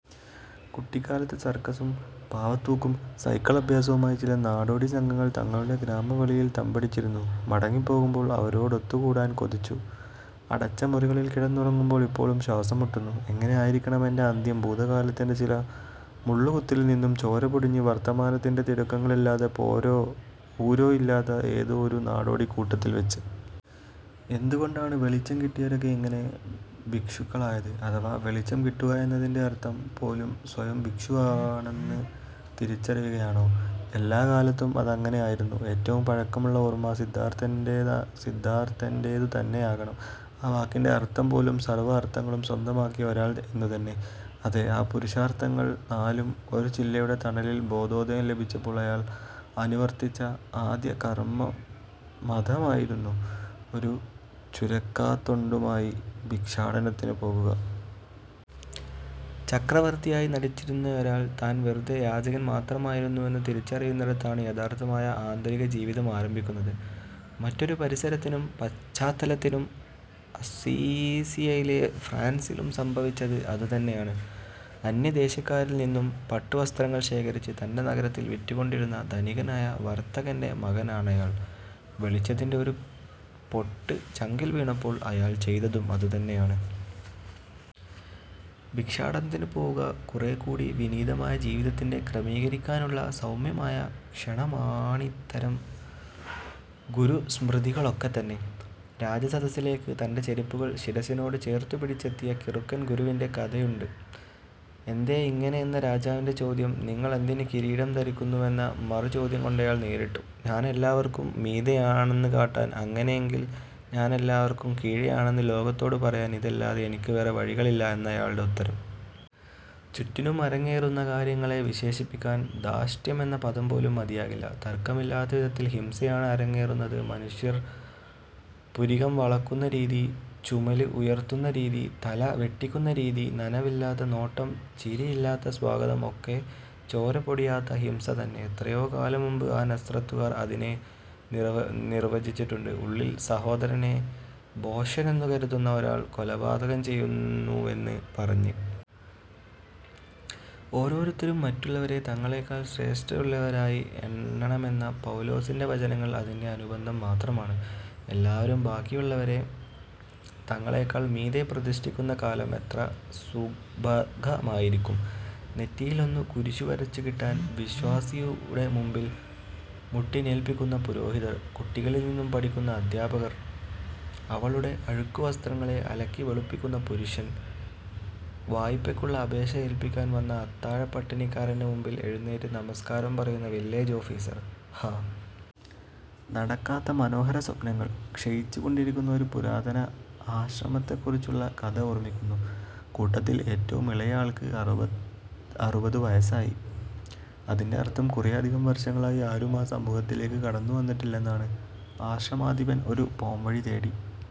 കുട്ടിക്കാലത്ത് സർക്കസും പാവക്കൂത്തും സൈക്കിൾ അഭ്യാസങ്ങളുമായി ചില നാടോടിസംഘങ്ങൾ ഞങ്ങളുടെ ഗ്രാമവെളിയിൽ തമ്പടിച്ചിരുന്നു. മടങ്ങിപ്പോകുമ്പോൾ അവരോടൊത്തുകൂടാൻ കൊതിച്ചു. അടച്ചമുറികളിൽ കിടന്നുറങ്ങുമ്പോൾ ഇപ്പോഴും ശ്വാസംമുട്ടുന്നു. എങ്ങനെയായിരിക്കണം എന്റെ അന്ത്യം. ഭൂതകാലത്തിന്റെ ചില മുള്ളുക്കുത്തുകളിൽനിന്ന് ചോരപൊടിഞ്ഞ് വർത്തമാനത്തിന്റെ തിടുക്കങ്ങൾ ഇല്ലാതെ പേരോ ഊരോ ഇല്ലാത്ത ഏതോ ഒരു നാടോടിക്കൂട്ടത്തിൽവെച്ച്. എന്തുകൊണ്ടാണ് വെളിച്ചം കിട്ടിയവരൊക്കെ ഇങ്ങനെ ഭിക്ഷുക്കളായത്. അഥവാ വെളിച്ചം കിട്ടുകയെന്നതിന്റെ അർഥം പോലും സ്വയംഭിക്ഷുവാണെന്ന് തിരിച്ചറിയുകയാണോ. എല്ലാകാല ത്തും അതങ്ങനെയായിരുന്നു. ഏറ്റവും പഴക്കമുള്ള ഓർമ, സിദ്ധാർഥന്റേതു തന്നെയാകണം. ആ വാക്കിന്റെ അർഥംപോലും സർവ അർഥങ്ങളും സ്വന്തമാക്കിയ ഒരാൾ എന്നുതന്നെ. അതെ, ആ പുരുഷാർഥങ്ങൾ നാലും. ഒരു ചില്ലയുടെ തണലിൽ ബോധോദയം ലഭിച്ചപ്പോൾ അയാൾ അനുവർത്തിച്ച ആദ്യകർമമതായിരുന്നു, ഒരു ചുരയ്ക്കാത്തൊണ്ടുമായി ഭിക്ഷാടനത്തിനു പോകുക. ചക്രവർത്തിയായി നടിച്ചിരുന്നയൊരാൾ താൻ വെറുതെ യാചകൻ മാത്രമായിരുന്നുവെന്ന് തിരിച്ചറിയുന്നിടത്താണ് യഥാർഥമായ ആന്തരികജീവിതം ആരംഭിക്കുന്നത്. മറ്റൊരു പരിസരത്തിലും പശ്ചാത്തലത്തിലും അസ്സീസിയിലെ ഫ്രാൻസിസിലും സംഭവിച്ചത് അതുതന്നെയാണ്. അന്യദേശക്കാരിൽ നിന്നും പട്ടുവസ്ത്രങ്ങൾ ശേഖരിച്ച് തന്റെ നഗരത്തിൽ വിറ്റുകൊണ്ടിരുന്ന ധനികനായ വർത്തകന്റെ മകനാണയാൾ. വെളിച്ചത്തിന്റെ ഒരു പൊട്ട് ചങ്കിൽ വീണപ്പോൾ അയാൾ ചെയ്തതും അതുതന്നെയാണ്. ഭിക്ഷാടനത്തിനു പോവുക. കുറെക്കൂടി വിനീതമായി ജീവിതത്തെ ക്രമീകരിക്കാനുള്ള സൗമ്യമായ ക്ഷണമാണിത്തരം ഗുരുസ്മൃതികളൊക്കെത്തന്നെ. രാജസദസ്സിലേക്ക് തന്റെ ചെരുപ്പുകൾ ശിരസ്സിനോട് ചേർത്തുപിടിച്ചെത്തിയ കിറുക്കൻഗുരുവിന്റെ കഥയുണ്ട്. എന്തേയിങ്ങനെയെന്ന രാജാവിന്റെ ചോദ്യം നിങ്ങളെന്തിന് കിരീടം ധരിക്കുന്നുവെന്ന മറുചോദ്യംകൊണ്ടയാൾ നേരിട്ടു;'ഞാനെല്ലാവർക്കും മീതെയാണെന്ന് കാട്ടാൻ. ''അങ്ങനെയെങ്കിൽ ഞാനെല്ലാവർക്കും കീഴെയാണെന്ന് ലോകത്തോടു പറയാൻ ഇതല്ലാതെ എനിക്ക് വേറെ വഴികളില്ല'എന്നയാളുടെ ഉത്തരം. ചുറ്റിനും അരങ്ങേറുന്ന കാര്യങ്ങളെ വിശേഷിപ്പിക്കാൻ ധാർഷ്ട്യമെന്ന പദം പോലും മതിയാകില്ല. തർക്കമില്ലാത്ത വിധത്തിൽ ഹിംസയാണ് അരങ്ങേറുന്നത്. മനുഷ്യർ പുരികംവളയ്ക്കുന്ന രീതി, ചുമല് ഉയർത്തുന്ന രീതി, തല വെട്ടിക്കുന്ന രീതി, നനവില്ലാത്ത നോട്ടം, ചിരിയില്ലാത്ത സ്വാഗതം ഒക്കെ ചോരപൊടിയാത്ത ഹിംസതന്നെ. എത്രയോ കാലംമുൻപ് ആ നസ്രത്തുകാരൻ അതിനെ നിർവചിച്ചിട്ടുണ്ട്:ഉള്ളിൽ സഹോദരനെ ഭോഷനെന്നുകരുതുന്ന ഒരാൾ കൊലപാതകം ചെയ്യുന്നുവെന്ന് പറഞ്ഞ്. ഓരോരുത്തരും മറ്റുള്ളവരെ തങ്ങളെക്കാൾ ശ്രേഷ്ഠതയുള്ളവരായി എണ്ണണമെന്ന പൗലോസിന്റെ വചനങ്ങൾ അതിന്റെ അനുബന്ധം മാത്രമാണ്. എല്ലാവരും ബാക്കിയുള്ളവരെ തങ്ങളെക്കാൾ മീതെ പ്രതിഷ്ഠിക്കുന്നകാലം എത്ര സുഭഗമായിരിക്കും. നെറ്റിയിൽ ഒന്ന് കുരിശു വരച്ചുകിട്ടാൻ വിശ്വാസിയുടെമുൻപിൽ മുട്ടിൻമേൽനില്ക്കുന്ന പുരോഹിതൻ, കുട്ടികളിൽനിന്നു പഠിക്കുന്ന അധ്യാപകർ, അവളുടെ അഴുക്കുവസ്ത്രങ്ങളെ അലക്കിവെളുപ്പിക്കുന്ന പുരുഷൻ, വായ്പയ്ക്കുള്ള അപേക്ഷ ഏല്പിക്കാൻ വന്ന അത്താഴപ്പട്ടിണിക്കാരന്റെ മുൻപിൽ എഴുന്നേറ്റ് നമസ്കാരം പറയുന്ന വില്ലേജ് ഓഫീസര് ഹാ. നടക്കാത്ത മനോഹരസ്വപ്നങ്ങൾ. ക്ഷയിച്ചു കൊണ്ടിരുന്ന ഒരു പുരാതന ആശ്രമത്തെക്കുറിച്ചുള്ള കഥ ഓർമിക്കുന്നു. കൂട്ടത്തിൽ ഏറ്റവും ഇളയ ആൾക്ക് അറുപതുവയസ്സായി. അതിന്റെ അർഥം കുറേയധികം വർഷങ്ങളായി ആരും ആ സമൂഹത്തിലേക്ക് കടന്നുവന്നിട്ടില്ലെന്നാണ്. ആശ്രമാധിപൻ ഒരു പോംവഴി തേടി